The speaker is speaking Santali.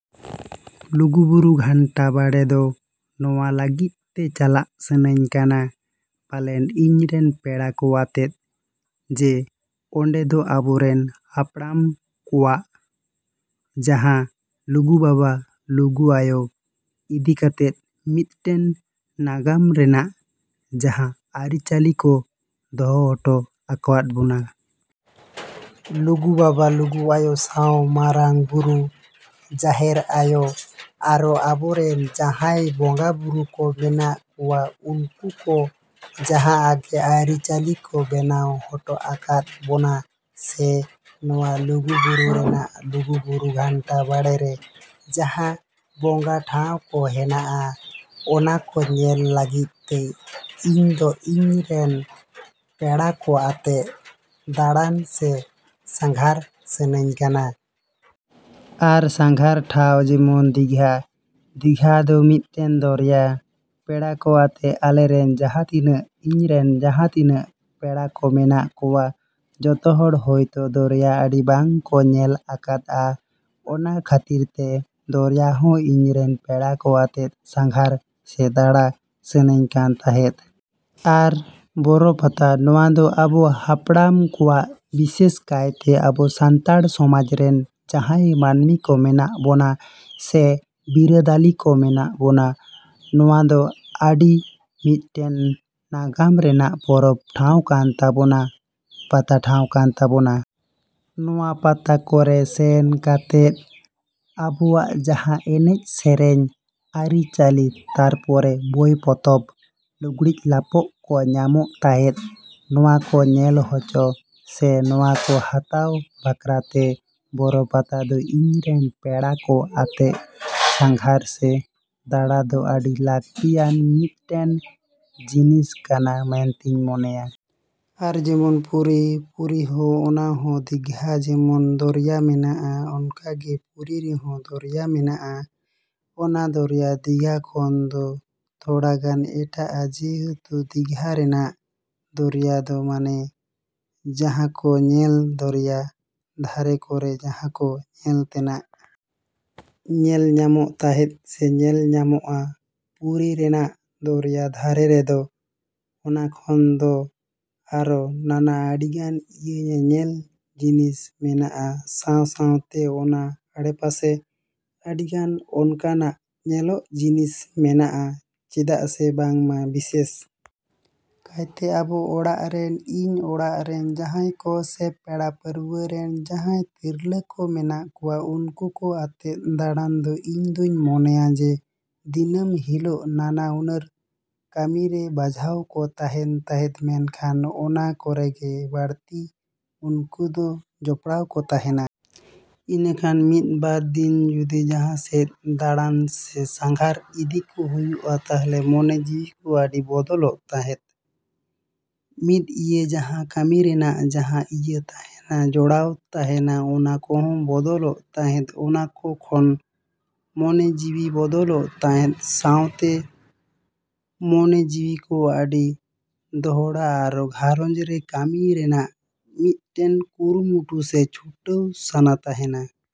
ᱞᱩᱜᱩᱵᱩᱨᱩ ᱜᱷᱟᱸᱱᱴᱟ ᱵᱟᱲᱮ ᱫᱚ ᱱᱚᱣᱟ ᱞᱟᱹᱜᱤᱫ ᱛᱮ ᱪᱟᱞᱟᱜ ᱥᱟᱹᱱᱟᱹᱧ ᱠᱟᱱᱟ ᱯᱟᱞᱮᱱ ᱤᱧᱨᱮᱱ ᱯᱮᱲᱟᱠᱚ ᱟᱛᱮᱫ ᱡᱮ ᱚᱸᱰᱮᱫᱚ ᱟᱵᱚᱨᱮᱱ ᱦᱟᱯᱲᱟᱢ ᱠᱚᱣᱟᱜ ᱡᱟᱦᱟᱸ ᱞᱩᱜᱩᱵᱟᱵᱟ, ᱞᱩᱜᱩᱟᱭᱳ ᱤᱫᱤᱠᱟᱛᱮ ᱢᱤᱫᱴᱮᱱ ᱱᱟᱜᱟᱢ ᱨᱮᱱᱟᱜ ᱡᱟᱦᱟᱸ ᱟᱹᱨᱤ ᱪᱟᱹᱞᱤᱠᱚ ᱫᱚᱦᱚ ᱦᱚᱴᱚ ᱟᱠᱟᱣᱟᱫ ᱵᱚᱱᱟ᱾ ᱞᱩᱜᱩᱵᱟᱵᱟ, ᱞᱩᱜᱩ ᱟᱭᱳ ᱥᱟᱶ ᱢᱟᱨᱟᱝ ᱵᱩᱨᱩ, ᱡᱟᱦᱮᱨ ᱟᱭᱳ ᱟᱨᱚ ᱟᱵᱚᱨᱮᱱ ᱡᱟᱦᱟᱸᱭ ᱵᱚᱸᱜᱟᱵᱩᱨᱩ ᱠᱚ ᱢᱮᱱᱟᱜ ᱠᱚᱣᱟ ᱩᱱᱠᱩ ᱠᱚ ᱡᱟᱦᱟᱸ ᱟᱜᱮ ᱟᱹᱨᱤ ᱪᱟᱹᱞᱤ ᱠᱚ ᱵᱮᱱᱟᱣ ᱦᱚᱴᱚ ᱟᱠᱟᱣᱟᱫ ᱵᱚᱱᱟ ᱥᱮ ᱱᱚᱣᱟ ᱞᱩᱜᱩᱵᱩᱨᱩ ᱨᱮᱱᱟᱜ ᱞᱩᱜᱩᱵᱩᱨᱩ ᱜᱷᱟᱱᱴᱟ ᱵᱟᱲᱮᱨᱮ ᱡᱟᱦᱟᱸ ᱵᱚᱸᱜᱟ ᱴᱷᱟᱶ ᱠᱚ ᱦᱮᱱᱟᱜᱼᱟ ᱚᱱᱟᱠᱚ ᱧᱮᱞ ᱞᱟᱹᱜᱤᱫ ᱛᱮ ᱤᱧᱫᱚ ᱤᱧᱨᱮᱱ ᱯᱮᱲᱟᱠᱚ ᱟᱛᱮ ᱫᱟᱬᱟᱱ ᱥᱮ ᱥᱟᱸᱜᱷᱟᱨ ᱥᱟᱱᱟᱧ ᱠᱟᱱᱟ᱾ ᱟᱨ ᱥᱟᱸᱜᱷᱟᱨ ᱴᱷᱟᱶ ᱡᱮᱢᱚᱱ ᱫᱤᱜᱷᱟ, ᱫᱤᱜᱷᱟ ᱫᱚ ᱢᱤᱫᱴᱮᱱ ᱫᱚᱨᱭᱟ᱾ ᱯᱮᱲᱟᱠᱚ ᱟᱛᱮ ᱟᱞᱮᱨᱮᱱ ᱡᱟᱦᱟᱸ ᱛᱤᱱᱟᱹᱜ ᱤᱧᱨᱮᱱ ᱡᱟᱦᱟᱸ ᱛᱤᱱᱟᱹᱜ ᱯᱮᱲᱟᱠᱚ ᱢᱮᱱᱟᱜ ᱠᱚᱣᱟ ᱡᱚᱛᱚᱦᱚᱲ ᱦᱚᱭᱛᱚ ᱫᱚᱨᱭᱟ ᱟᱹᱰᱤ ᱵᱟᱝ ᱠᱚ ᱧᱮᱞ ᱟᱠᱟᱫᱼᱟ ᱚᱱᱟ ᱠᱷᱟᱹᱛᱤᱨᱛᱮ ᱫᱚᱨᱭᱟ ᱦᱚᱸ ᱤᱧᱨᱮᱱ ᱯᱮᱲᱟᱠᱚ ᱟᱛᱮ ᱥᱟᱸᱜᱷᱟᱨ ᱥᱮ ᱫᱟᱬᱟ ᱥᱟᱱᱟᱧ ᱠᱟᱱ ᱛᱟᱦᱮᱸᱫ᱾ ᱟᱨ ᱵᱚᱨᱚ ᱯᱟᱛᱟ ᱱᱚᱣᱟ ᱫᱚ ᱟᱵᱚ ᱦᱟᱯᱲᱟᱢ ᱠᱚᱣᱟᱜ ᱵᱤᱥᱮᱥ ᱠᱟᱭᱛᱮ ᱟᱵᱚ ᱥᱟᱱᱛᱟᱲ ᱥᱚᱢᱟᱡᱽᱨᱮᱱ ᱡᱟᱦᱟᱸᱭ ᱢᱟᱹᱱᱢᱤᱠᱚ ᱢᱮᱱᱟᱜ ᱵᱚᱱᱟ ᱥᱮ ᱵᱤᱨᱟᱹᱫᱟᱹᱞᱤᱠᱚ ᱢᱮᱱᱟᱜ ᱵᱚᱱᱟ ᱱᱚᱣᱟᱫᱚ ᱟᱹᱰᱤ ᱢᱤᱫᱴᱮᱱ ᱱᱟᱜᱟᱢ ᱨᱮᱱᱟᱜ ᱯᱚᱨᱚᱵᱽ ᱴᱷᱟᱶ ᱠᱟᱱ ᱛᱟᱵᱚᱱᱟ, ᱯᱟᱛᱟ ᱴᱷᱟᱶ ᱠᱟᱱ ᱛᱟᱵᱚᱱᱟ᱾ ᱱᱚᱣᱟ ᱯᱟᱛᱟ ᱠᱚᱨᱮ ᱥᱮᱱ ᱠᱟᱛᱮ ᱟᱵᱚᱣᱟᱜ ᱡᱟᱦᱟᱸ ᱮᱱᱮᱡ ᱥᱮᱨᱮᱧ, ᱟᱹᱨᱤ ᱪᱟᱹᱞᱤ ᱛᱟᱨᱯᱚᱨᱮ ᱵᱳᱭ ᱯᱚᱛᱚᱵᱽ, ᱞᱩᱜᱽᱲᱤᱡ ᱞᱟᱯᱳᱜ ᱠᱚ ᱧᱟᱢᱚᱜ ᱛᱟᱦᱮᱸᱫ᱾ ᱱᱚᱣᱟᱠᱚ ᱧᱮᱞ ᱦᱚᱪᱚ ᱥᱮ ᱱᱚᱣᱟᱠᱚ ᱦᱟᱛᱟᱣ ᱵᱟᱠᱷᱨᱟᱛᱮ ᱵᱚᱨᱚᱯᱟᱛᱟ ᱫᱚ ᱤᱧᱨᱮᱱ ᱯᱮᱲᱟᱠᱚ ᱟᱛᱮ ᱥᱟᱸᱜᱷᱟᱨ ᱥᱮ ᱫᱟᱬᱟᱫᱚ ᱟᱹᱰᱤ ᱞᱟᱹᱠᱛᱤᱭᱟᱱ ᱢᱤᱫᱴᱮᱱ ᱡᱤᱱᱤᱥ ᱠᱟᱱᱟ ᱢᱮᱱᱛᱤᱧ ᱢᱚᱱᱮᱭᱟ᱾ ᱟᱨ ᱡᱮᱢᱚᱱ ᱯᱩᱨᱤ, ᱯᱩᱨᱤᱦᱚᱸ ᱚᱱᱟᱦᱚᱸ ᱫᱤᱜᱷᱟ ᱡᱮᱢᱚᱱ ᱫᱚᱨᱭᱟ ᱢᱮᱱᱟᱜᱼᱟ ᱚᱱᱠᱟᱜᱮ ᱯᱩᱨᱤ ᱨᱮᱦᱚᱸ ᱫᱚᱨᱭᱟ ᱢᱮᱱᱟᱜᱼᱟ᱾ ᱚᱱᱟ ᱫᱚᱨᱭᱟ ᱫᱤᱜᱷᱟ ᱠᱷᱚᱱᱫᱚ ᱛᱷᱚᱲᱟᱜᱟᱱ ᱮᱴᱟᱜᱼᱟ ᱡᱮᱦᱮᱛᱩ ᱫᱤᱜᱷᱟ ᱨᱮᱱᱟᱜ ᱫᱚᱨᱭᱟᱫᱚ ᱢᱟᱱᱮ ᱡᱟᱦᱟᱸᱠᱚ ᱧᱮᱞ ᱫᱚᱨᱭᱟ ᱫᱷᱟᱨᱮ ᱠᱚᱨᱮ ᱡᱟᱦᱟᱸᱠᱚ ᱧᱮᱞ ᱛᱮᱱᱟᱜ ᱧᱮᱞ ᱧᱟᱢᱚᱜ ᱛᱟᱦᱮᱫ ᱥᱮ ᱧᱮᱞ ᱧᱟᱢᱚᱜᱼᱟ ᱯᱩᱨᱤ ᱨᱮᱱᱟᱜ ᱫᱚᱨᱭᱟ ᱫᱷᱟᱨᱮ ᱨᱮᱫᱚ ᱚᱱᱟᱠᱷᱚᱱ ᱫᱚ ᱟᱨᱚ ᱱᱟᱱᱟ ᱟᱹᱰᱤᱜᱟᱱ ᱤᱭᱟᱹ ᱧᱮᱧᱮᱞ ᱡᱤᱱᱤᱥᱠᱚ ᱢᱮᱱᱟᱜᱼᱟ ᱥᱟᱶ ᱥᱟᱶᱛᱮ ᱚᱱᱟ ᱟᱲᱮᱯᱟᱥᱮ ᱟᱹᱰᱤᱜᱟᱱ ᱚᱱᱠᱟᱱᱟᱜ ᱧᱮᱞᱟᱜ ᱡᱤᱱᱤᱥ ᱢᱮᱱᱟᱜᱼᱟ ᱪᱮᱫᱟᱜ ᱥᱮ ᱵᱟᱝᱢᱟ ᱵᱤᱥᱮᱥ ᱠᱟᱭᱛᱮ ᱟᱵᱚ ᱚᱲᱟᱜ ᱨᱮᱱ ᱤᱧ ᱚᱲᱟᱜ ᱨᱮᱱ ᱡᱟᱦᱟᱸᱭ ᱠᱚ ᱥᱮ ᱯᱮᱲᱟ ᱯᱟᱹᱨᱣᱟᱹᱨᱮᱱ ᱡᱟᱦᱟᱸᱭ ᱛᱤᱨᱞᱟᱹ ᱠᱚ ᱢᱮᱱᱟᱜ ᱠᱚᱣᱟ ᱩᱱᱠᱩ ᱠᱚ ᱟᱛᱮ ᱫᱟᱲᱟᱱ ᱫᱚ ᱤᱧᱫᱩᱧ ᱢᱚᱱᱮᱭᱟ ᱡᱮ ᱫᱤᱱᱟᱹᱢ ᱦᱤᱞᱳᱜ ᱱᱟᱱᱟ ᱦᱩᱱᱟᱹᱨ ᱠᱟᱹᱢᱤᱨᱮ ᱵᱟᱡᱷᱟᱣ ᱠᱚ ᱛᱟᱦᱮᱱ ᱛᱟᱦᱮᱸᱫ ᱢᱮᱱᱠᱷᱟᱱ ᱚᱱᱟ ᱠᱚᱨᱮᱜᱮ ᱵᱟᱹᱲᱛᱤ ᱩᱱᱠᱚᱫᱚ ᱡᱚᱯᱲᱟᱣ ᱠᱚ ᱛᱮᱦᱮᱱᱟ᱾ ᱤᱱᱟᱹᱠᱷᱟᱱ ᱢᱤᱫᱵᱟᱨ ᱫᱤᱱ ᱡᱩᱫᱤ ᱡᱟᱦᱟᱸᱥᱮᱫ ᱫᱟᱲᱟᱱ ᱥᱮ ᱥᱟᱸᱜᱷᱟᱨ ᱤᱫᱤᱠᱚ ᱦᱩᱭᱩᱜᱼᱟ ᱛᱟᱦᱚᱞᱮ ᱢᱚᱱᱮ ᱡᱤᱣᱤᱠᱚ ᱟᱹᱰᱤ ᱵᱚᱫᱚᱞᱚᱜ ᱛᱮᱦᱮᱸᱫ᱾ ᱢᱤᱫ ᱤᱭᱟᱹ ᱡᱟᱦᱟᱸ ᱠᱟᱹᱢᱤ ᱨᱮᱱᱟᱜ ᱡᱟᱦᱟᱸ ᱤᱭᱟᱹ ᱛᱮᱦᱮᱱᱟ ᱡᱚᱲᱟᱣ ᱛᱮᱦᱮᱱᱟ ᱚᱱᱟᱠᱚ ᱦᱚᱸ ᱵᱚᱫᱚᱞᱚᱜ ᱛᱮᱦᱮᱸᱫ ᱚᱱᱟᱠᱚ ᱠᱷᱚᱱ ᱢᱚᱱᱮ ᱡᱤᱣᱤ ᱵᱚᱫᱚᱞᱚᱜ ᱛᱮᱦᱮᱸᱫ ᱥᱟᱶᱛᱮ ᱢᱚᱱᱮ ᱡᱤᱣᱤᱠᱚ ᱟᱹᱰᱤ ᱫᱚᱦᱲᱟ ᱟᱨᱚ ᱜᱷᱟᱨᱚᱸᱡᱽ ᱨᱮ ᱠᱟᱹᱢᱤ ᱨᱮᱱᱟᱜ ᱢᱤᱫᱴᱮᱱ ᱠᱩᱨᱩᱢᱩᱴᱩ ᱥᱮ ᱪᱷᱩᱴᱟᱹᱣ ᱥᱟᱱᱟ ᱛᱮᱦᱮᱱᱟ᱾।